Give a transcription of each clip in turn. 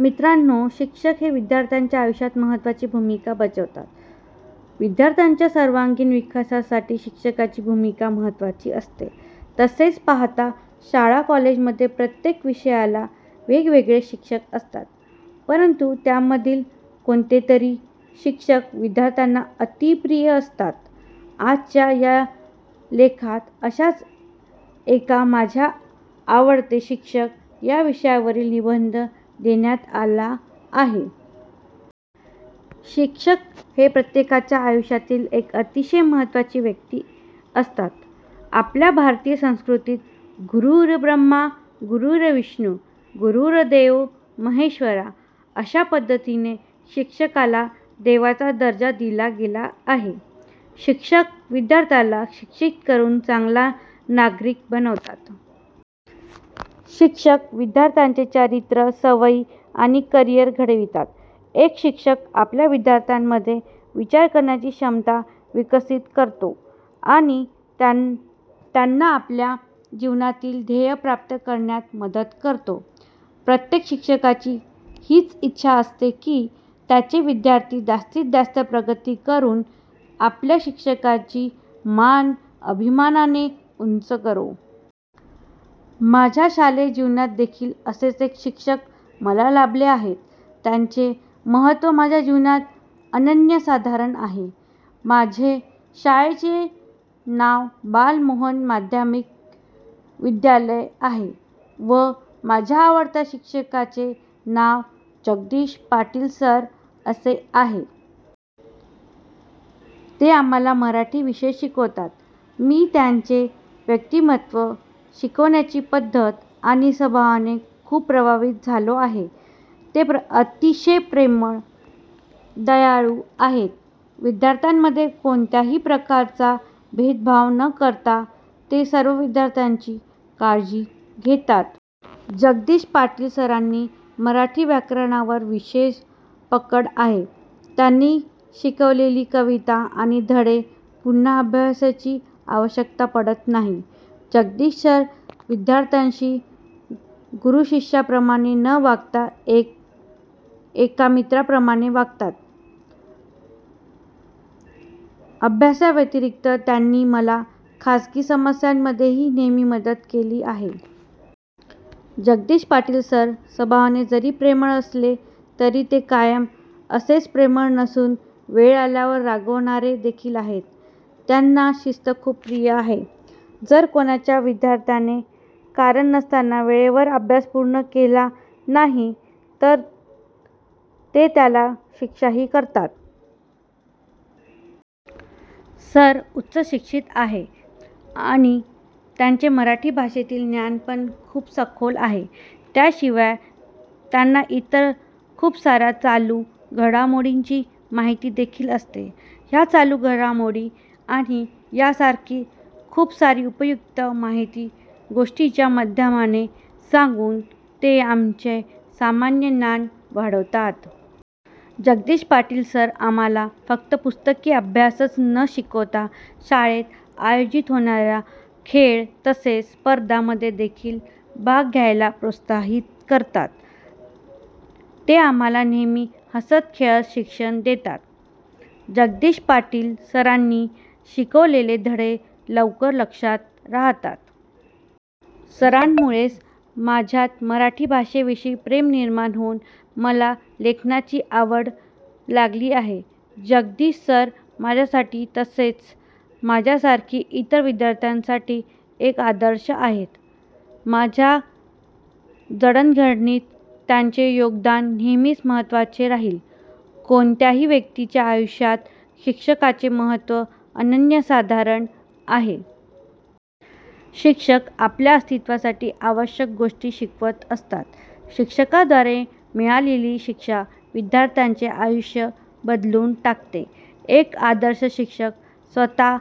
मित्रानो शिक्षक हे विद्यार्थ्यांच्या आयुष्यात महत्वाची भूमिका बजावतात. विद्यार्थ्यांच्या सर्वांगीण विकासासाठी शिक्षकाची भूमिका महत्वाची असते. तसे पाहता शाळा कॉलेजमध्ये प्रत्येक विषयाला वेगवेगळे शिक्षक असतात. परंतु त्यामधीलच कोणतेतरी शिक्षक विद्यार्थ्याना अतिप्रिय असतात. आजच्या या लेखात आशाच एका माझे आवडते शिक्षक या विषयावरील निबंध देण्यात आले आहेत. शिक्षक हे प्रत्येकाच्या आयुष्यातील एक अतिशय महत्त्वाचे व्यक्ती असतात. आपल्या भारतीय संस्कृतीत "गुरु ब्रह्मा गुरु विष्णु गुरु देवो महेश्वरा" अशा पद्धतीने शिक्षकाला देवाचा दर्जा दिला गेला आहे. शिक्षक विद्यार्थ्याला शिक्षित करून चांगला नागरिक बनवतात. शिक्षक विद्यार्थ्याचे चरित्र, सवयी आणि करिअर घडवितात. एक शिक्षकच आपल्या विद्यार्थ्यामध्ये विचार करण्याची क्षमता विकसित करतो. आणि त्यांना आपल्या जीवनातील ध्येय प्राप्त करण्यात मदत करतो. प्रत्येक शिक्षकाची हीच इच्छा असते की त्यांचे विद्यार्थी जास्तीत जास्त प्रगती करून आपल्या शिक्षकांची मान अभिमानाने उंच करो. माझ्या शालेय जीवनात देखील असेच एक शिक्षक मला लाभले आहेत, ज्यांचे महत्त्व माझ्या जीवनात अनन्यसाधारण आहे. माझे शाळेचे नाव बालमोहन माध्यमिक विद्यालय आहे व माझ्या आवडत्या शिक्षकांचे नाव जगदीश पाटील सर असे आहे. ते आम्हाला मराठी विषय शिकवतात. मी त्यांचे व्यक्तिमत्व, शिकवण्याची पद्धत आणि स्वभावाने खूप प्रभावित झालो आहे. ते अतिशय प्रेमळ आणि दयाळू आहेत. विद्यार्थ्यांमध्ये कोणत्याही प्रकारचा भेदभाव न करता ते सर्व विद्यार्थ्याची काळजी घेतात. जगदीश पाटील सरांची मराठी व्याकरणावर विशेष पकड आहे. त्यांनी शिकवलेली कविता आणि धडे पुन्हा अभ्यासायची आवश्यकता पडत नाही. जगदीश सर विद्यार्थ्यांशी गुरु शिष्याप्रमाणे न वागता एका मित्राप्रमाणे वागतात. अभ्यासाव्यतीरिक्त त्यांनी मला खाजगी समस्यामध्येही नेहमीच मदत केली आहे. जगदीश पाटील सर स्वभावाने जरी प्रेमळ असले. तरी ते कायम असेच प्रेमळ नसून वेळ आल्यावर रागावणारे देखील आहे. त्यांना शिस्त खूप प्रिय आहे. जर कोण्या विद्यार्थ्याने कारण नसतांना वेळेवर अभ्यास पूर्ण केला नाही तर ते त्याला शिक्षाही करतात. सर उच्च शिक्षित आहेत आणि त्यांचे मराठी भाषेतील ज्ञान पण खूप सखोल आहे. या शिवाय त्यांना इतर खूप साऱ्या चालू घडामोडीची माहिती देखील असते. ह्या चालू घडामोडी आणि यासारखी खूपसारी उपयुक्त माहिती गोष्टींच्या माध्यमाने सांगून ते आमचे सामान्य ज्ञान वाढवतात. जगदीश पाटील सर आम्हाला फक्त पुस्तकी अभ्यासच न शिकवता शाळेत आयोजित होणाऱ्या खेळ तसेच स्पर्धा मध्ये देखील भाग घ्यायला प्रोत्साहित करतात. ते आम्हाला नेहमी हसत खेळत शिक्षण देतात. जगदीश पाटील सरांनी शिकवलेले धडे लवकर लक्षात रहातात. सरांमुळेच माझ्यात मराठी भाषेविषयी प्रेम निर्माण होऊन मला लेखनाची आवड लागली आहे. जगदीश सर माझ्यासाठी तसेच माझ्यासारखी इतर विद्यार्थ्यांसाठी एक आदर्श आहेत. माझ्या जडणघडणीत त्यांचे योगदान नेहमीच महत्वाचे राहील. कोणत्याही व्यक्तीच्या आयुष्यात शिक्षकांचे महत्व अनन्यसाधारण आहे. शिक्षक आपल्या अस्तित्वासाठी आवश्यक गोष्टी शिकवत असतात. शिक्षकाद्वारे मिळालेली शिक्षा विद्यार्थ्याचे आयुष्य बदलून टाकते. एक आदर्श शिक्षक स्वतः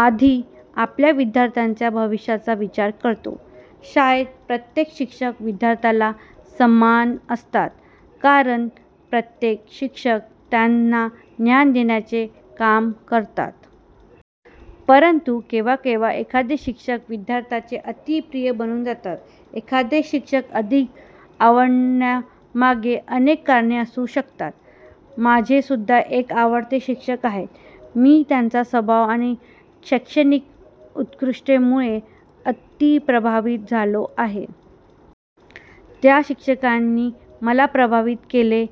आधी आपल्या विद्यार्थ्याचा भविष्याचा विचार करतो. शाळेत प्रत्येक शिक्षक विद्यार्थ्याला समान असतात कारण प्रत्येक शिक्षक त्यांना ज्ञान देण्याचे काम करतात. परंतु केव्हा केव्हा एखादे शिक्षक विद्यार्थ्याचे अती प्रिय बनून जातात. एखादे शिक्षक अधिक आवडण्यामागे अनेक कारणे असू शकतात. माझे सुद्धा एक आवडते शिक्षक आहेत, मी त्यांचा स्वभाव आणि शैक्षणिक उत्कृष्टेमुळे अती प्रभावित झालो आहे. ज्या शिक्षकांनी मला प्रभावित केले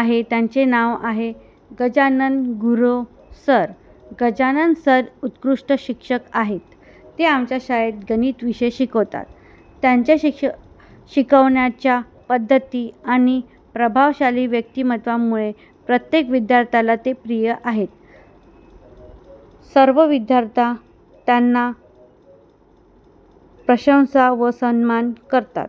आहे त्यांचे नाव आहे गजानन गुरव सर. गजानन सर उत्कृष्ट शिक्षक आहेत. ते आमच्या शाळेत गणित विषय शिकवतात. त्यांच्या शिकवण्याच्या पद्धती आणि प्रभावशाली व्यक्तिमत्वामुळे प्रत्येक विद्यार्थ्याला ते प्रिय आहेत. सर्वच विद्यार्थी त्यांची प्रशंसा व सन्मान करतात.